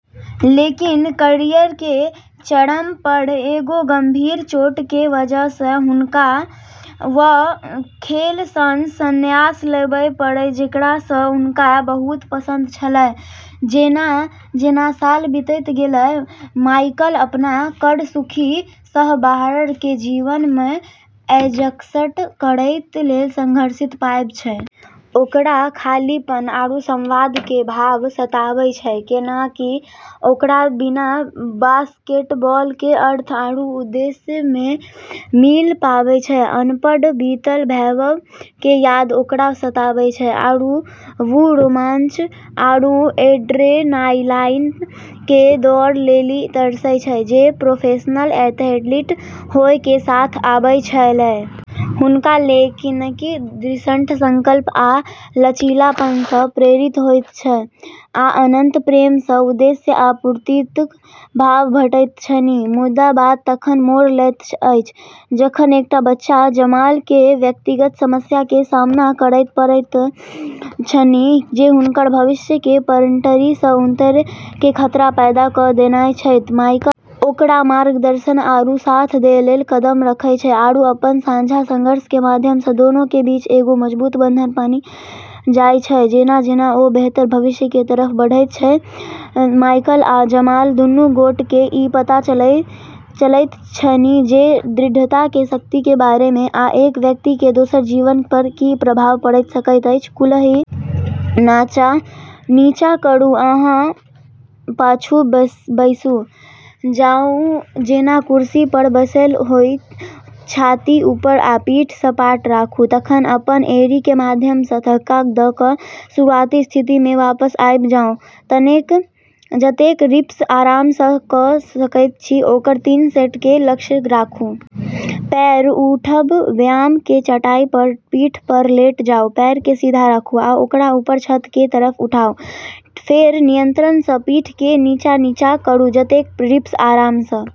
लेकिन कैरियर केरऽ चरम पर एगो गंभीर चोट के वजह सऽ हुनका वू खेल सऽ संन्यास लेबै पड़लै जेकरा सऽ हुनका बहुत पसंद छेलै। जेना-जेना साल बीतैत गेलै, माइकल अपना कऽ सुर्खी सऽ बाहर के जीवन मऽ एडजस्ट करै लेली संघर्षरत पाबै छै। ओकरा खालीपन आरू अवसाद के भाव सताबै छै, कैन्हेंकि ओकरा बिना बास्केटबॉल के अर्थ आरू उद्देश्य नै मिल पाबै छै। अपनऽ बीतलऽ वैभव के याद ओकरा सताबै छै, आरू वू रोमांच आरू एड्रेनालाईन केरऽ दौड़ लेली तरसै छै जे प्रोफेशनल एथलीट होय के साथ आबै छेलै। हुनका लोकनिक दृढ़ संकल्प आ लचीलापन सँ प्रेरित होइत छथि, आ अंततः फेर सँ उद्देश्य आ पूर्तिक भाव भेटैत छनि। मुदा बात तखन मोड़ लैत अछि जखन एकटा बच्चा जमाल के व्यक्तिगत समस्या के सामना करय पड़ैत छनि जे हुनकर भविष्य के पटरी सं उतरय के खतरा पैदा क दैत छनि ।माइकल ओकरा मार्गदर्शन आरू साथ दै लेली कदम रखै छै, आरू अपनऽ साझा संघर्ष के माध्यम स॑ दोनों के बीच एगो मजबूत बंधन बनी जाय छै। जेना-जेना ओ बेहतर भविष्य के तरफ बढ़ैत छथि, माइकल आ जमाल दुनू गोटे के ई पता चलैत छनि जे दृढ़ता के शक्ति के बारे में, आ एक व्यक्ति के दोसर के जीवन पर की प्रभाव पड़ि सकैत अछि ।कूल्हि नीचाँ करू आ पाछू बैसि जाउ जेना कुर्सी पर बैसल होइ। छाती ऊपर आ पीठ सपाट राखू। तखन अपन एड़ी के माध्यम सं धक्का द क शुरुआती स्थिति मे वापस आबि जाउ। जतेक रिप्स आराम स क सकैत छी ओकर तीन सेट के लक्ष्य राखू। पैर उठब: व्यायाम के चटाई पर पीठ पर लेट जाउ। पैर कें सीधा राखूं, आ ओकरा ऊपर छत के तरफ उठाऊ, फेर नियंत्रण स पीठ के नीचा नीचा करू ।जतेक रिप्स आराम स ।